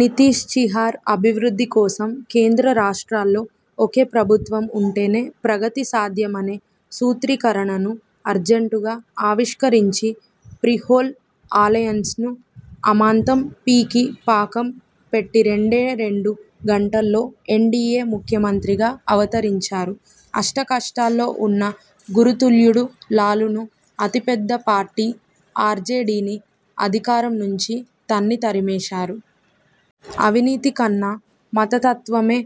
నితీశ్బిహార్ అభివృద్ధి కోసం.. కేంద్ర రాష్ట్రాల్లో ఒకే ప్రభుత్వం ఉంటేనే ప్రగతి సాధ్యమనే సూత్రీకరణను అర్జంటుగా ఆవిష్కరించిప్రీపోల్ అలయన్స్ను అమాంతం పీకి పాకం పెట్టిరెండేరెండు గంటల్లో ఎన్డీయే ముఖ్యమంత్రిగా అవతరించారు. అష్టకష్టాల్లో ఉన్న గురుతుల్యుడు లాలును, అతిపెద్ద పార్టీ ఆర్జేడీని అధికారం నుంచి తన్ని తరిమేశారు! అవినీతికన్నా మతతత్వమే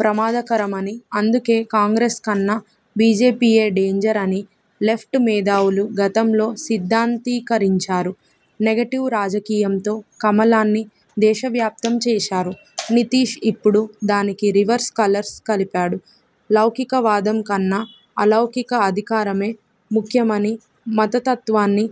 ప్రమాదకరమనిఅందుకే కాంగ్రెస్కన్నా బీజేపీయే డేంజర్ అని.. లెఫ్ట్ మేధావులు గతంలో సిద్ధాంతీకరించారు. నెగెటివ్ రాజకీయంతో కమలాన్ని దేశవ్యాప్తం చేశారు. నితీశ్ ఇప్పుడు దానికి రివర్స్ కలర్స్ కలిపాడు. లౌకికవాదం కన్నా అలౌకిక అధికారమే ముఖ్యమనిమతతత్వాన్ని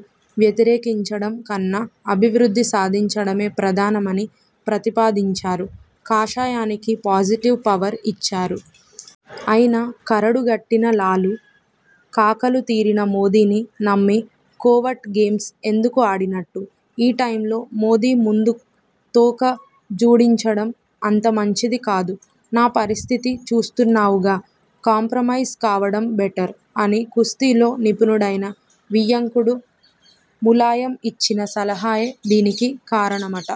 వ్యతిరేకించడంకన్నా అభివృద్ధి సాధించడమే ప్రధానమని ప్రతిపాదించారు. కాషాయానికి పాజిటివ్ పవర్ ఇచ్చారు. అయినా కరడుగట్టిన లాలు.. కాకలుతీరిన మోదీని నమ్మి కోవర్ట్ గేమ్స్ ఎందుకు ఆడినట్టు? ''ఈ టైంలో మోదీ ముందు తోక ఝాడించడం అంతమంచిది కాదు. నా పరిస్థితి చూస్తున్నావుగా! కాంప్రమైజ్ కావడం బెటర్'' అని కుస్తీలో నిపుణుడైన వియ్యంకుడు ములాయం ఇచ్చిన సలహాయే దీనికి కారణమట.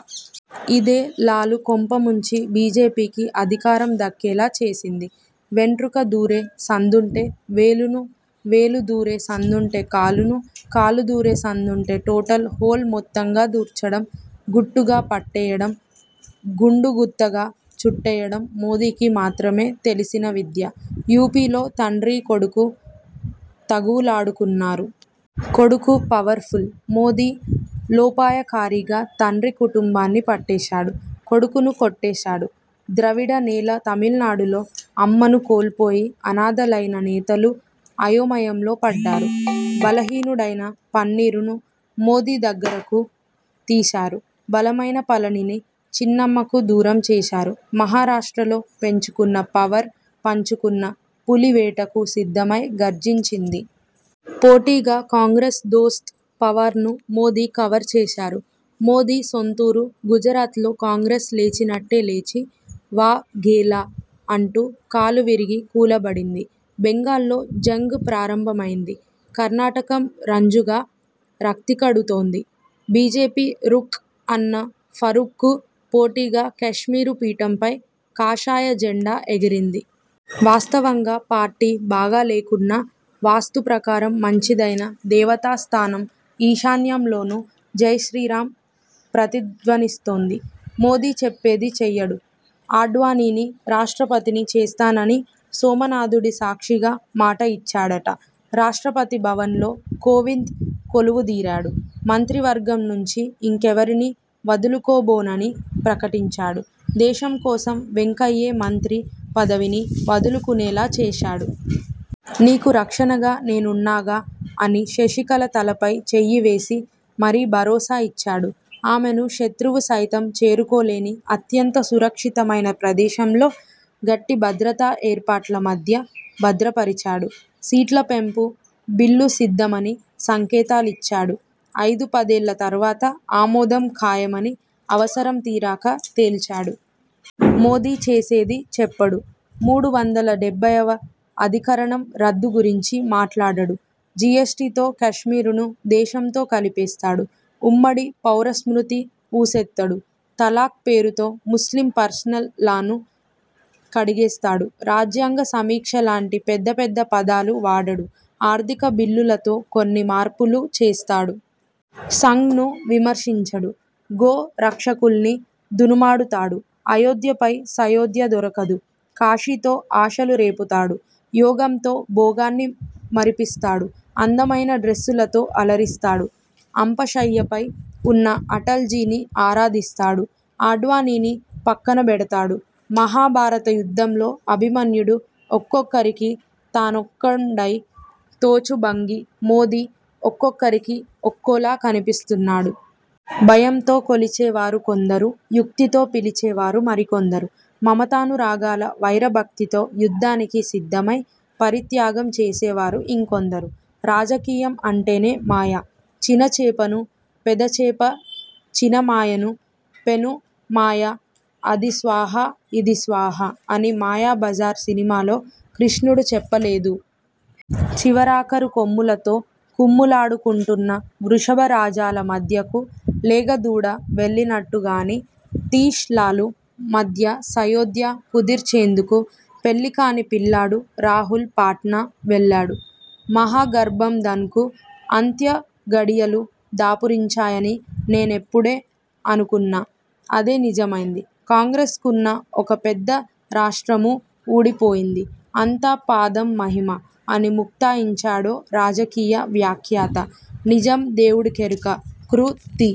ఇదే లాలు కొంపముంచి బీజేపీకి అధికారం దక్కేలా చేసింది. వెంట్రుక దూరే సందుంటే వేలును.. వేలు దూరే సందుంటే కాలును.. కాలు దూరే సందుంటే టోటల్ హోల్ మొత్తంగా దూర్చడం.. గుట్టుగా పట్టేయడం, గుండుగుత్తగా చుట్టేయడం మోదీకి మాత్రమే తెలిసిన విద్య! యూపీలో తండ్రీ కొడుకు తగువులాడుకున్నారు. కొడుకు 'పవర్' ఫుల్. మోదీ లోపాయకారీగా తండ్రి కుటుంబాన్ని పట్టేశాడు. కొడుకును కొట్టేశాడు. ద్రవిడ నేల తమిళనాడులో 'అమ్మ'ను కోల్పోయి, అనాథలైన నేతలు అయోమయంలో పడ్డారు. బలహీనుడైన పన్నీరును మోదీ దగ్గరకు తీశారు. బలమైన పళనిని చిన్నమ్మకు దూరం చేశారు. మహారాష్ట్రలో పెంచుకున్న, పవర్ పంచుకున్న పులి వేటకు సిద్ధమై గర్జించింది. పోటీగా.. కాంగ్రెస్ దోస్త్ పవార్ను మోదీ కవర్ చేశారు. మోదీ సొం తూరు గుజరాత్లో కాంగ్రెస్ లేచినట్టే లేచి.. ''వా.. ఘేలా'' అంటూ కాలువిరిగి కూలబడింది. బెంగాల్లో జంగ్ ప్రారంభమైంది. కర్నాటకం రంజుగా రక్తికడుతోంది. 'బీజేపీ రుక్' అన్న ఫరూక్కు పోటీగా కశ్మీరు పీఠంపై కాషాయ జెండా ఎగిరింది. వాస్తవంగా పార్టీ బాగా లేకున్నా, వాస్తు ప్రకారం మంచిదైన దేవతాస్థానం ఈశాన్యంలోనూ జైశ్రీరాం ప్రతిధ్వనిస్తోంది! మోదీ చెప్పేది చెయ్యడు. ఆడ్వాణీని రాష్ట్రపతిని చేస్తానని సోమనాథుడి సాక్షిగా మాట ఇచ్చాడట. రాష్ట్రపతి భవన్లో కోవింద్ కొలువుదీరాడు. మంత్రివర్గం నుంచి ఇంకెవరినీ వదులుకోబోనని ప్రకటించాడు. దేశం కోసం వెంకయ్యే మంత్రి పదవిని వదులుకునేలా చేశాడు. నీకు రక్షణగా నేనున్నాగా అని శశికళ తలపై చెయ్యివేసి మరీ భరోసా ఇచ్చాడు. ఆమెను శత్రువు సైతం చేరుకోలేని అత్యంత సురక్షితమైన ప్రదేశంలో, గట్టి భద్రతా ఏర్పాట్ల మధ్య భద్రపరిచాడు. సీట్ల పెంపు బిల్లు సిద్ధమని సంకేతాలిచ్చాడు. ఐదు పదేళ్ల తర్వాత ఆమోదం ఖాయమని అవసరం తీరాక తేల్చాడు. మోదీ చేసేది చెప్పడు. మూడు వందల డెబ్బైవ అధికరణం రద్దు గురించి మాట్లాడడు. జీఎస్టీతో కశ్మీరును దేశంతో కలిపేస్తాడు. ఉమ్మడి పౌరస్మృతి ఊసెత్తడు. తలాక్ పేరుతో ముస్లిం పర్సనల్ లాను కడిగేస్తాడు. రాజ్యాంగ సమీక్షలాంటి పెద్దపెద్ద పదాలు వాడడు. 'ఆర్థిక బిల్లు'లతో కొన్ని మార్పులూ చేస్తాడు. సంఘ్ను విమర్శించడు. గో రక్షకుల్ని దునుమాడుతాడు. అయోధ్యపై సయోధ్య దొరకదు. కాశీతో ఆశలు రేపుతాడు. యోగంతో భోగాన్ని మరిపిస్తాడు. అందమైన డ్రెస్సులతో అలరిస్తాడు. అంపశయ్యపై ఉన్న అటల్జీని ఆరాధిస్తాడు. ఆడ్వాణీని పక్కనబెడతాడు. మహాభారత యుద్ధంలో అభిమన్యుడు 'ఒక్కొక్కరికి తానొక్కండై తోచు భంగి' మోదీ ఒక్కొక్కరికి ఒక్కోలా కనిపిస్తున్నాడు. భయంతో కొలిచేవారు కొందరు. యుక్తితో పిలిచే వారు మరికొందరు. 'మమతా'నురాగాల వైర భక్తితో యుద్ధానికి సిద్ధమై పరిత్యాగం చేసేవారు ఇంకొందరు. రాజకీయం అంటేనే మాయ. ''చిన చేపను పెద చేపచిన మాయను పెను మాయఅది స్వాహా ఇది స్వాహా'' అని మాయాబజార్ సినిమాలో కృష్ణుడు చెప్పలేదూ! చివరాఖరు కొమ్ములతో కుమ్ములాడుకుంటున్న వృషభరాజాల మధ్యకు లేగ దూడ వెళ్లినట్టుగానితీశ్– లాలు మధ్య సయోధ్య కుదిర్చేందుకు పెళ్లికాని పిల్లాడు రాహుల్ పాట్నా వెళ్లాడు. ''మహాగఠ్బంధన్కు అంత్య ఘడియలు దాపురించాయని నేనప్పుడే అనుకున్నా. అదే నిజమైంది. కాంగ్రెస్కున్న ఒక్క పెద్ద రాష్ట్రమూ ఊడిపోయింది. అంతా పాదం మహిమ'' అని ముక్తాయించాడో రాజకీయ వ్యాఖ్యాత. నిజం దేవుడికెరుక! కృ. తి